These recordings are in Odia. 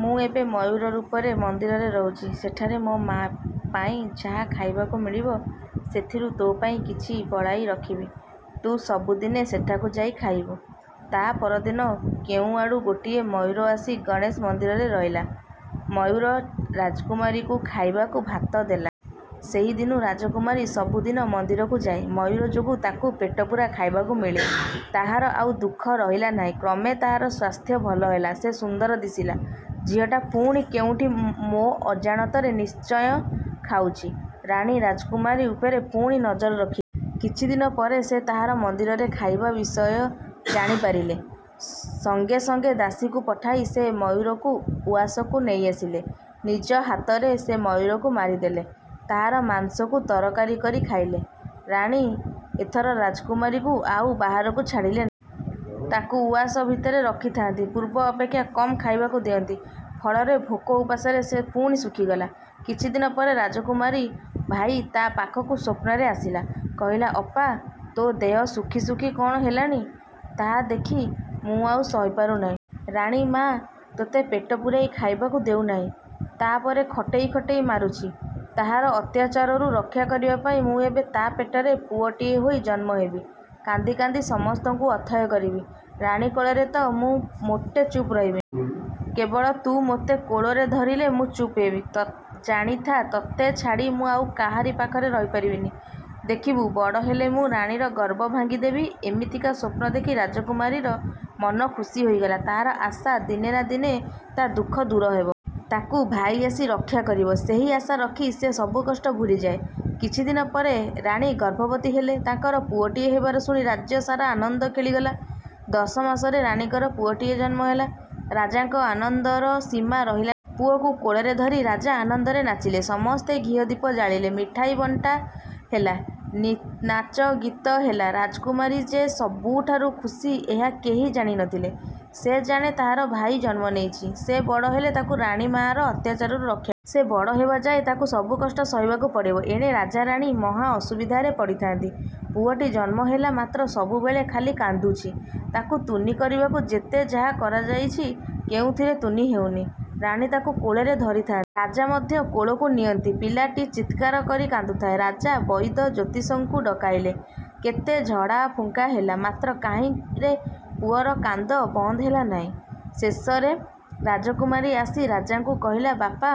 ମୁଁ ଏବେ ମୟୂର ରୂପରେ ମନ୍ଦିରରେ ରହୁଛି। ସେଠାରେ ମୋ ପାଇଁ ଯାହା ଖାଇବାକୁ ମିଳିବ, ସେଥିରୁ ତୋ ପାଇଁ କିଛି ବଳାଇ ରଖିବି। ତୁ ସବୁଦିନେ ସେଠାକୁ ଯାଇ ଖାଇବୁ। ତା ପରଦିନ କେଉଁଆଡ଼ୁ ଗୋଟିଏ ମୟୂର ଆସି ଗଣେଶ ମନ୍ଦିରରେ ରହିଲା। ମୟୂର ରାଜକୁମାରୀକୁ ଖାଇବାକୁ ଭାତ ଦେଲା। ସେହି ଦିନୁ ରାଜକୁମାରୀ ସବୁଦିନ ମନ୍ଦିରକୁ ଯାଏ। ମୟୂର ଯୋଗୁ ତାକୁ ପେଟପୂରା ଖାଇବାକୁ ମିଳେ। ତାହାର ଆଉ ଦୁଃଖ ରହିଲା ନାହିଁ। କ୍ରମେ ତାହାର ସ୍ୱାସ୍ଥ୍ୟ ଭଲ ହେଲା। ସେ ସୁନ୍ଦର ଦିଶିଲା। ଝିଅଟା ପୁଣି କେଉଁଠି ମୋ ମୋ ଅଜାଣତରେ ନିଶ୍ଚୟ ଖାଉଛି। ରାଣୀ ରାଜକୁମାରୀ ଉପରେ ପୁଣି ନଜର ରଖିଲେ। କିଛି ଦିନ ପରେ ସେ ତାହାର ମନ୍ଦିରରେ ଖାଇବା ବିଷୟ ଜାଣିପାରିଲେ। ସଙ୍ଗେ ସଙ୍ଗେ ଦାସୀକୁ ପଠାଇ ସେ ମୟୂରକୁ ଉଆସକୁ ନେଇଆସିଲେ। ନିଜ ହାତରେ ସେ ମୟୂରକୁ ମାରିଦେଲେ। ତାହାର ମାଂସକୁ ତରକାରି କରି ଖାଇଲେ। ରାଣୀ ଏଥର ରାଜକୁମାରୀକୁ ଆଉ ବାହାରକୁ ଛାଡ଼ିଲେ ନାହିଁ। ତାକୁ ଉଆସ ଭିତରେ ରଖିଥାନ୍ତି। ପୂର୍ବ ଅପେକ୍ଷା କମ୍ ଖାଇବାକୁ ଦିଅନ୍ତି। ଫଳରେ ଭୋକ ଉପାସରେ ସେ ପୁଣି ଶୁଖିଗଲା। କିଛି ଦିନ ପରେ ରାଜକୁମାରୀର ଭାଇ ତା ପାଖକୁ ସ୍ୱପ୍ନରେ ଆସିଲା। କହିଲା, ଅପା! ତୋ ଦେହ ଶୁଖି ଶୁଖି କ'ଣ ହେଲାଣି! ତାହା ଦେଖି ମୁଁ ଆଉ ସହିପାରୁନାହିଁ। ରାଣୀ ମାଆ ତୋତେ ପେଟ ପୂରାଇ ଖାଇବାକୁ ଦେଉନାହିଁ। ତା ପରେ ଖଟେଇ ଖଟେଇ ମାରୁଛି। ତାହାର ଅତ୍ୟାଚାରରୁ ରକ୍ଷା କରିବା ପାଇଁ ମୁଁ ଏବେ ତା ପେଟରେ ପୁଅଟିଏ ହୋଇ ଜନ୍ମ ହେବି। କାନ୍ଦି କାନ୍ଦି ସମସ୍ତଙ୍କୁ ଅଥୟ କରିବି। ରାଣୀ କୋଳରେ ତ ମୁଁ ମୋଟେ ଚୁପ ରହିବିନି। କେବଳ ତୁ ମୋତେ କୋଳରେ ଧରିଲେ ମୁଁ ଚୁପ ହେବି। ଜାଣିଥା ତୋତେ ଛାଡ଼ି ମୁଁ ଆଉ କାହାରି ପାଖରେ ରହିପାରିବିନି। ଦେଖିବୁ, ବଡ଼ ହେଲେ ମୁଁ ରାଣୀର ଗର୍ବ ଭାଙ୍ଗି ଦେବି। ଏମିତିକା ସ୍ୱପ୍ନ ଦେଖି ରାଜକୁମାରୀର ମନ ଖୁସି ହୋଇଗଲା। ତାହାର ଆଶା, ଦିନେ ନା ଦିନେ ତା ଦୁଃଖ ଦୂର ହେବ। ତାକୁ ଭାଇ ଆସି ରକ୍ଷା କରିବ। ସେହି ଆଶା ରଖି ସେ ସବୁ କଷ୍ଟ ଭୁଲିଯାଏ। କିଛି ଦିନ ପରେ ରାଣୀ ଗର୍ଭବତୀ ହେଲେ। ତାଙ୍କର ପୁଅଟିଏ ହେବାର ଶୁଣି ରାଜ୍ୟ ସାରା ଆନନ୍ଦ ଖେଳିଗଲା। ଦଶ ମାସରେ ରାଣୀଙ୍କର ପୁଅଟିଏ ଜନ୍ମ ହେଲା। ରାଜାଙ୍କ ଆନନ୍ଦର ସୀମା ରହିଲା ନାହିଁ। ପୁଅକୁ କୋଳରେ ଧରି ରାଜା ଆନନ୍ଦରେ ନାଚିଲେ। ସମସ୍ତେ ଘିଅ ଦୀପ ଜାଳିଲେ। ମିଠାଇ ବଣ୍ଟା ହେଲା। ନାଚଗୀତ ହେଲା। ରାଜକୁମାରୀ ଯେ ସବୁଠାରୁ ଖୁସି ଏହା କେହି ଜାଣି ନ ଥିଲେ। ସେ ଜାଣେ, ତାହାର ଭାଇ ଜନ୍ମ ନେଇଛି। ସେ ବଡ଼ ହେଲେ ତାକୁ ରାଣୀ ମାଆର ଅତ୍ୟାଚାରରୁ ରକ୍ଷା। ସେ ବଡ଼ ହେବା ଯାଏ ତାକୁ ସବୁ କଷ୍ଟ ସହିବାକୁ ପଡ଼ିବ। ଏଣେ ରାଜା ରାଣୀ ମହା ଅସୁବିଧାରେ ପଡ଼ିଥାନ୍ତି। ପୁଅଟି ଜନ୍ମ ହେଲା, ମାତ୍ର ସବୁବେଳେ ଖାଲି କାନ୍ଦୁଛି। ତାକୁ ତୁନି କରିବାକୁ ଯେତେ ଯାହା କରାଯାଇଛି, କେଉଁଥିରେ ତୁନି ହେଉନି। ରାଣୀ ତାକୁ କୋଳରେ ଧରିଥାନ୍ତି। ରାଜା ମଧ୍ୟ କୋଳକୁ ନିଅନ୍ତି। ପିଲାଟି ଚିତ୍କାର କରି କାନ୍ଦୁଥାଏ। ରାଜା ବଇଦ, ଜ୍ୟୋତିଷଙ୍କୁ ଡକାଇଲେ। କେତେ ଝଡ଼ାଫୁଙ୍କା ହେଲା, ମାତ୍ର କାହିଁରେ ପୁଅର କାନ୍ଦ ବନ୍ଦ ହେଲା ନାହିଁ। ଶେଷରେ ରାଜକୁମାରୀ ଆସି ରାଜାଙ୍କୁ କହିଲା, ବାପା,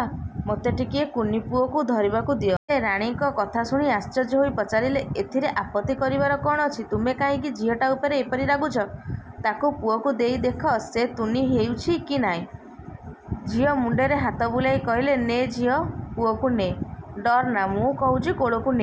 ମୋତେ ଟିକିଏ କୁନି ପୁଅକୁ ଧରିବାକୁ ଦିଅ। ସେ ରାଣୀଙ୍କ କଥା ଶୁଣି ଆଶ୍ଚର୍ଯ୍ୟ ହୋଇ ପଚାରିଲେ, ଏଥିରେ ଆପତ୍ତି କରିବାର କ'ଣ ଅଛି? ତୁମେ କାହିଁକି ଝିଅଟା ଉପରେ ଏପରି ରାଗୁଛ? ତାକୁ ପୁଅକୁ ଦେଇ ଦେଖ, ସେ ତୁନି ହେଉଛି କି ନାହିଁ। ଝିଅ ମୁଣ୍ଡରେ ହାତ ବୁଲାଇ କହିଲେ, ନେ ଝିଅ, ପୁଅକୁ ନେ। ଡରନା, ମୁଁ କହୁଛି କୋଳକୁ ନେ।